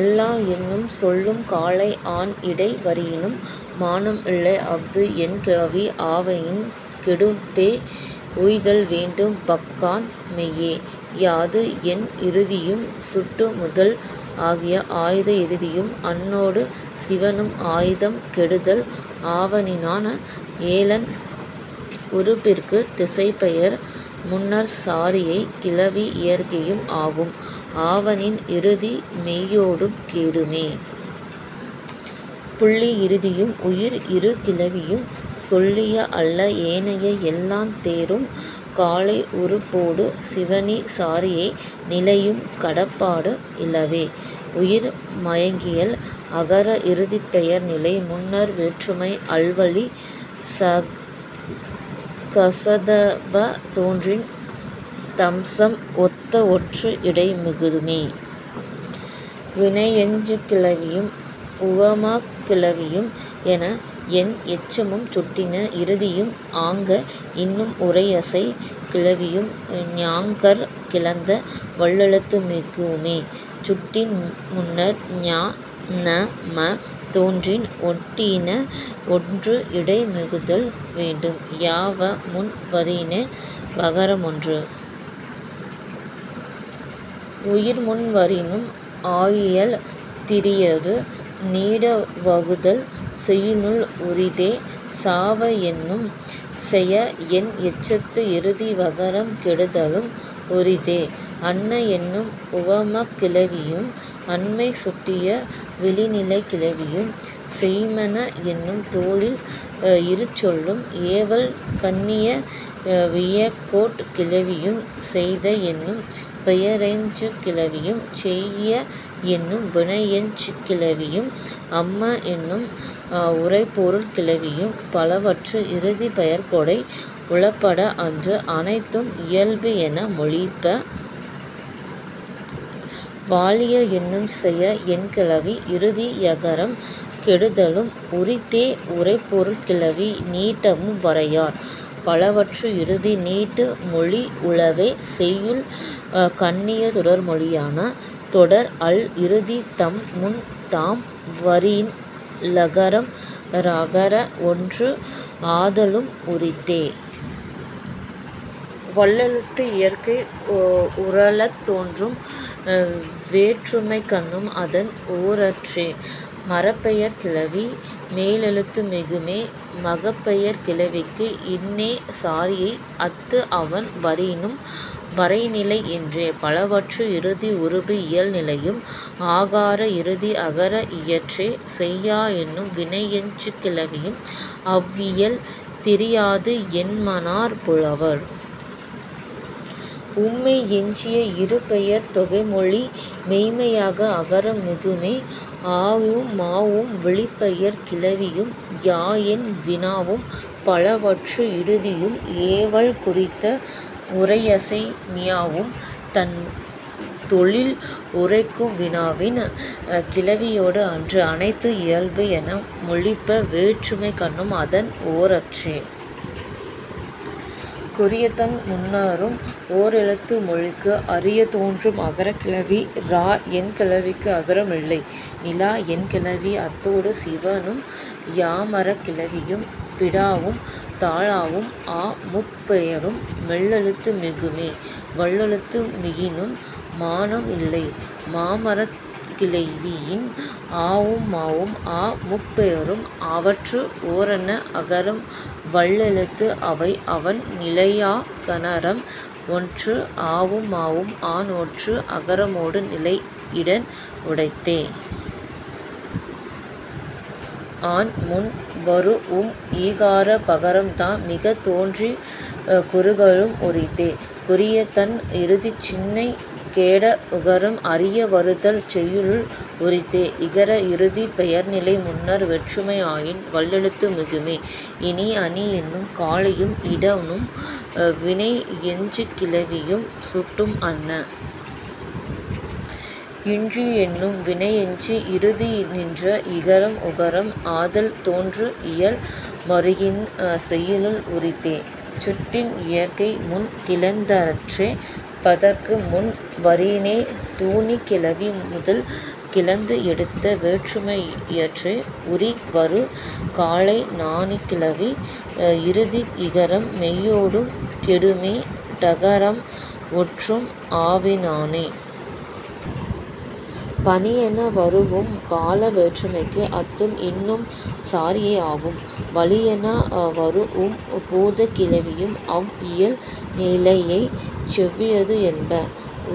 எல்லா எண்ணும் சொல்லும் காலை ஆன் இடை வரினும் மானம் இல்லை அஃது என் கிளவி ஆவயின் கெடுபே உய்தல் வேண்டும் பஃகான் மெய்யே. யாது என் இறுதியும் சுட்டு முதல் ஆகிய ஆய்த இறுதியும் அன்னொடு சிவணும் ஆய்தம் கெடுதல் ஆவயினான. ஏழன் உருபிற்குத் திசைப் பெயர் முன்னர் சாரியைக் கிளவி இயற்கையும் ஆகும் ஆவயின் இறுதி மெய்யொடும் கெடுமே. புள்ளி இறுதியும் உயிர் இறு கிளவியும் சொல்லிய அல்ல ஏனைய எல்லாம் தேரும் காலை உருபொடு சிவணி சாரியை நிலையும் கடப்பாடு இலவே.. உயிர்மயங்கியல் அகர இறுதிப் பெயர் நிலை முன்னர் வேற்றுமை அல் வழி க ச த ப தோன்றின் தம்சம் ஒத்த ஒற்று இடை மிகுமே. வினையெஞ்சுகிளவியும் உவமக் கிளவியும் என என் எச்சமும் சுட்டின் இறுதியும் ஆங்க என்னும் உரையசைக் கிளவியும் ஞாங்கர்க் கிளந்த வல்லெழுத்து மிகுமே. சுட்டின் முன்னர் ஞ ந ம தோன்றின் ஒட்டிய ஒற்று இடை மிகுதல் வேண்டும். ய வ முன் வரினே வகரம்ஒன்று உயிர் முன் வரினும் ஆயியல் திரியாது. நீட வருதல் செய்யுளுள் உரித்தே. சாவ என்னும் செய என் எச்சத்து இறுதி வகரம் கெடுதலும் உரித்தே. அன்ன என்னும் உவமக் கிளவியும் அண்மை சுட்டிய விளிநிலைக் கிளவியும் செய்ம்மன என்னும் தொழில் இறு சொல்லும் ஏவல் கண்ணிய வியங்கோட் கிளவியும் செய்த என்னும் பெயரெஞ்சுகிளவியும் செய்யிய என்னும் வினையெஞ்சுகிளவியும் அம்ம என்னும் உரைப்பொருட் கிளவியும் பலவற்று இறுதிப் பெயர்க்கொடை உளப்பட அன்றி அனைத்தும் இயல்பு என மொழிப. வாழிய என்னும் செய என் கிளவி இறுதி யகரம் கெடுதலும் உரித்தே. உரைப்பொருட் கிளவி நீட்டமும் வரையார். பலவற்று இறுதி நீடு மொழி உளவே செய்யுள் கண்ணிய தொடர்மொழியான. தொடர் அல் இறுதி தம் முன் தாம் வரின் லகரம் றகர ஒற்று ஆதலும் உரித்தே. வல்லெழுத்து இயற்கை உறழத் தோன்றும். வேற்றுமைக்கண்ணும் அதன் ஓரற்றே. மரப்பெயர்க் கிளவி மெல்லெழுத்து மிகுமே. மகப்பெயர்க் கிளவிக்கு இன்னே சாரியை. அத்து அவண் வரினும் வரை நிலை இன்றே. பலவற்று இறுதி உருபு இயல் நிலையும். ஆகார இறுதி அகர இயற்றே. செய்யா என்னும் வினையெஞ்சுகிளவியும் அவ் இயல் திரியாது என்மனார் புலவர். உம்மை எஞ்சிய இரு பெயர்த் தொகைமொழி மெய்ம்மையாக அகரம் மிகுமே. ஆவும் மாவும் விளிப்பெயர்க் கிளவியும் யா என் வினாவும் பலவற்று இறுதியும் ஏவல் குறித்த உரையசை மியாவும் தன் தொழில் உரைக்கும் வினாவின் கிளவியொடு அன்றி அனைத்தும் இயல்பு என மொழிப. வேற்றுமைக்கண்ணும் அதன் ஓரற்றே. குறியதன் முன்னரும் ஓரெழுத்து மொழிக்கும் அறியத் தோன்றும் அகரக் கிளவி. இரா என் கிளவிக்கு அகரம் இல்லை. நிலா என் கிளவி அத்தொடு சிவணும். யாமரக் கிளவியும் பிடாவும் தளாவும் ஆ முப் பெயரும் மெல்லெழுத்து மிகுமே. வல்லெழுத்து மிகினும் மானம் இல்லை. மாமரக் கிளவியும் ஆவும் மாவும் ஆ முப் பெயரும் அவற்று ஓரன்ன அகரம் வல்லெழுத்து அவை அவண் நிலையா னகரம் ஒற்றும் ஆவும் மாவும் ஆன் ஒற்று அகரமொடு நிலை இடன் உடைத்தே. ஆன் முன் வரூஉம் ஈகார பகரம் தான் மிகத் தோன்றிக் குறுகலும் உரித்தே. குறியதன் இறுதிச் சினை கெட உகரம் அறிய வருதல் செய்யுளுள் உரித்தே. இகர இறுதிப் பெயர்நிலை முன்னர் வேற்றுமை ஆயின் வல்லெழுத்து மிகுமே. இனி அணி என்னும் காலையும் இடனும் வினையெஞ்சுகிளவியும் சுட்டும் அன்ன. இன்றி என்னும் வினையெஞ்சு இறுதி நின்ற இகரம் உகரம் ஆதல் தொன்று இயல் மருங்கின் செய்யுளுள் உரித்தே. சுட்டின் இயற்கை முன் கிளந்தற்றே. பதக்கு முன் வரினே தூணிக் கிளவி முதல் கிளந்து எடுத்த வேற்றுமை இயற்றே. உரி வரு காலை நாழிக் கிளவி இறுதி இகரம் மெய்யொடும் கெடுமே டகாரம் ஒற்றும் ஆவயினான. பனி என வரூஉம் கால வேற்றுமைக்கு அத்தும் இன்னும் சாரியை ஆகும். வளி என வரூஉம் பூதக் கிளவியும் அவ் இயல் நிலையல் செவ்விது என்ப.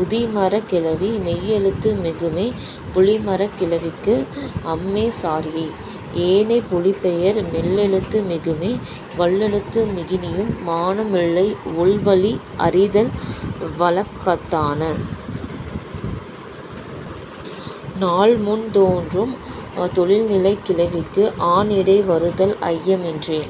உதிமரக் கிளவி மெல்லெழுத்து மிகுமே. புளிமரக் கிளவிக்கு அம்மே சாரியை. ஏனைப் புளிப் பெயர் மெல்லெழுத்து மிகுமே. வல்லெழுத்து மிகினும் மானம் இல்லை ஒல்வழி அறிதல் வழக்கத்தான. நாள் முன் தோன்றும் தொழில்நிலைக் கிளவிக்கு ஆன் இடை வருதல் ஐயம் இன்றே.।